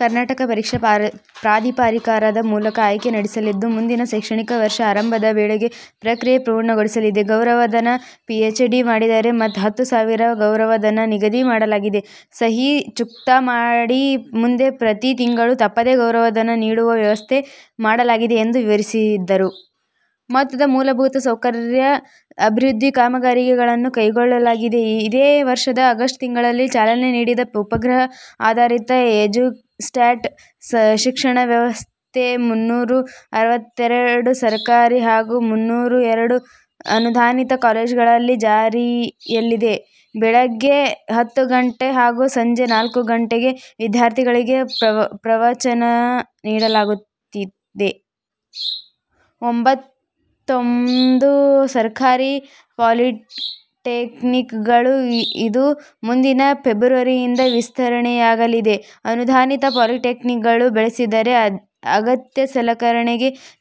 ಕರ್ನಾಟಕ ಪರೀಕ್ಷಾ ಪ್ರಾಧಿಕಾರದ ಮೂಲಕ ಆಯ್ಕೆ ನಡೆಯಲಿದ್ದು, ಮುಂದಿನ ಶೈಕ್ಷಣಿಕ ವರ್ಷ ಆರಂಭದ ವೇಳೆಗೆ ಪ್ರಕ್ರಿಯೆ ಪೂರ್ಣಗೊಳ್ಳಲಿದೆ. ಗೌರವಧನ, ಪಿಎಚ್‌ಡಿ ಮಾಡಿದ್ದರೆ ಹತ್ತು ಸಾವಿರ ಗೌರವಧನ ನಿಗದಿ ಮಾಡಲಾಗಿದೆ. ಸಹಿ ಚುಕ್ತಾ ಮಾಡಿ ಮುಂದೆ ಪ್ರತಿ ತಿಂಗಳು ತಪ್ಪದೆ ಗೌರವಧನ ನೀಡುವ ವ್ಯವಸ್ಥೆ ಮಾಡಲಾಗಿದೆ ಎಂದು ವಿವರಿಸಿದರು. ಮೊತ್ತದ ಮೂಲಭೂತ ಸೌಕರ್ಯ ಅಭಿವೃದ್ಧಿ ಕಾಮಗಾರಿಗಳನ್ನು ಕೈಗೊಳ್ಳಲಾಗಿದೆ. ಇದೇ ವರ್ಷದ ಆಗಸ್ಟ್ ತಿಂಗಳಲ್ಲಿ ಚಾಲನೆ ನೀಡಿದ ಉಪಗ್ರಹ ಆಧಾರಿತ ಎಜುಸ್ಯಾಟ್ ಶಿಕ್ಷಣ ವ್ಯವಸ್ಥೆ ಮುನ್ನೂರ ಅರವತ್ತೆರಡು ಸರ್ಕಾರಿ ಹಾಗೂ ಮುನ್ನೂರ ಎರಡು ಅನುದಾನಿತ ಕಾಲೇಜುಗಳಲ್ಲಿ ಜಾರಿಯಲ್ಲಿದೆ. ಬೆಳಗ್ಗೆ ಹತ್ತು ಗಂಟೆ ಹಾಗೂ ಸಂಜೆ ನಾಲ್ಕು ಗಂಟೆಗೆ ವಿದ್ಯಾರ್ಥಿಗಳಿಗೆ ಪ್ರವಚನ ನೀಡಲಾಗುತ್ತಿದೆ. ಎಂಬತ್ತೊಂದು ಸರ್ಕಾರಿ ಪಾಲಿಟೆಕ್ನಿಕ್‌ಗಳಿಗೂ ಇದು ಮುಂದಿನ ಫೆಬ್ರವರಿಯಿಂದ ವಿಸ್ತರಣೆಯಾಗಲಿದೆ. ಅನುದಾನಿತ ಪಾಲಿಟೆಕ್ನಿಕ್‌ಗಳು ಬಯಸಿದರೆ ಅಗತ್ಯ ಸಲಕರಣೆ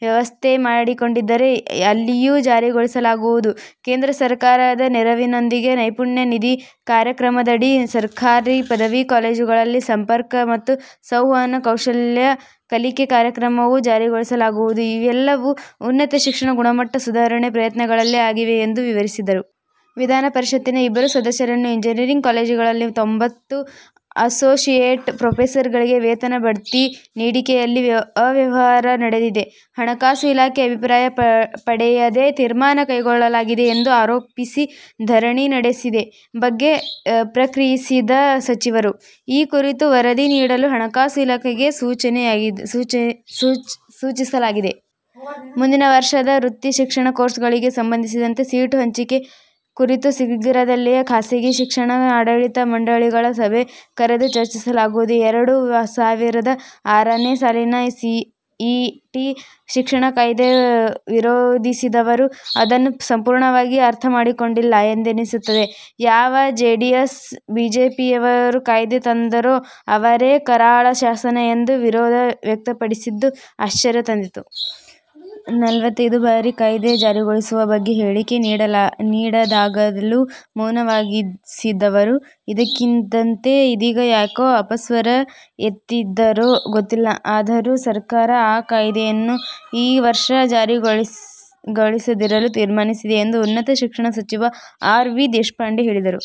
ವ್ಯವಸ್ಥೆ ಮಾಡಿಕೊಂಡರೆ ಅಲ್ಲಿಯೂ ಜಾರಿಗೊಳಿಸಲಾಗುವುದು. ಕೇಂದ್ರ ಸರ್ಕಾರದ ನೆರವಿನೊಂದಿಗೆ ನೈಪುಣ್ಯ ನಿಧಿ ಕಾರ್ಯಕ್ರಮದಡಿ ಸರ್ಕಾರಿ ಪದವಿ ಕಾಲೇಜುಗಳಲ್ಲಿ ಸಂಪರ್ಕ ಮತ್ತು ಸಂವಹನ ಕೌಶಲ್ಯ ಕಲಿಕೆ ಕಾರ್ಯಕ್ರಮವೂ ಜಾರಿಗೊಳಿಸಲಾಗುವುದು. ಇವೆಲ್ಲವೂ ಉನ್ನತ ಶಿಕ್ಷಣ ಗುಣಮಟ್ಟ ಸುಧಾರಣೆ ಪ್ರಯತ್ನಗಳೇ ಆಗಿವೆ ಎಂದು ವಿವರಿಸಿದರು. ವಿಧಾನ ಪರಿಷತ್ತಿನ ಇಬ್ಬರು ಸದಸ್ಯರು ಎಂಜಿನಿಯರಿಂಗ್ ಕಾಲೇಜುಗಳಲ್ಲಿನ ತೊಂಬತ್ತು ಅಸೋಸಿಯೇಟ್ ಪ್ರೊಫೆಸರ್‌ಗಳಿಗೆ ವೇತನ ಬಡ್ತಿ ನೀಡಿಕೆಯಲ್ಲಿ ಅವ್ಯವಹಾರ ನಡೆದಿದೆ. ಹಣಕಾಸು ಇಲಾಖೆ ಅಭಿಪ್ರಾಯ ಪಡೆಯದೆ ತೀರ್ಮಾನ ಕೈಗೊಳ್ಳಲಾಗಿದೆ ಎಂದು ಆರೋಪಿಸಿ ಧರಣಿ ನಡೆಸಿದ ಬಗ್ಗೆ ಪ್ರತಿಕ್ರಿಯಿಸಿದ ಸಚಿವರು, ಈ ಕುರಿತು ವರದಿ ನೀಡಲು ಹಣಕಾಸು ಇಲಾಖೆಗೆ ಸೂಚಿಸಲಾಗಿದೆ. ಮುಂದಿನ ವರ್ಷದ ವೃತ್ತಿ ಶಿಕ್ಷಣ ಕೋರ್ಸ್‌ಗಳಿಗೆ ಸಂಬಂಧಿಸಿದಂತೆ ಸೀಟು ಹಂಚಿಕೆ ಕುರಿತು ಶೀಘ್ರದಲ್ಲೇ ಖಾಸಗಿ ಶಿಕ್ಷಣ ಆಡಳಿತ ಮಂಡಳಿಗಳ ಸಭೆ ಕರೆದು ಚರ್ಚಿಸಲಾಗುವುದು. ಎರಡು ಸಾವಿರದ ಆರನೇ ಸಾಲಿನ ಸಿಇಟಿ ಶಿಕ್ಷಣ ಕಾಯ್ದೆ ವಿರೋಧಿಸಿದವರು ಅದನ್ನು ಸಂಪೂರ್ಣವಾಗಿ ಅರ್ಥ ಮಾಡಿಕೊಂಡಿಲ್ಲ ಎಂದೆನಿಸುತ್ತದೆ. ಯಾವ ಜೆಡಿಎಸ್-ಬಿಜೆಪಿಯವರು ಕಾಯ್ದೆ ತಂದರೋ ಅವರೇ ಕರಾಳ ಶಾಸನ ಎಂದು ವಿರೋಧ ವ್ಯಕ್ತಪಡಿಸಿದ್ದು ಆಶ್ಚರ್ಯ ತಂದಿತು. ನಾಲ್ಕೈದು ಬಾರಿ ಕಾಯ್ದೆ ಜಾರಿಗೊಳಿಸುವ ಬಗ್ಗೆ ಹೇಳಿಕೆ ನೀಡಿದಾಗಲೂ ಮೌನವಹಿಸಿದ್ದವರು ಇದ್ದಕ್ಕಿದ್ದಂತೆ ಇದೀಗ ಯಾಕೆ ಅಪಸ್ವರ ಎತ್ತಿದರೋ ಗೊತ್ತಿಲ್ಲ. ಆದರೂ ಸರ್ಕಾರ ಆ ಕಾಯ್ದೆಯನ್ನು ಈ ವರ್ಷ ಜಾರಿಗೊಳಿಸದಿರಲು ತೀರ್ಮಾನಿಸಿದೆ ಎಂದು ಉನ್ನತ ಶಿಕ್ಷಣ ಸಚಿವ ಆರ್. ವಿ. ದೇಶಪಾಂಡೆ ಹೇಳಿದರು.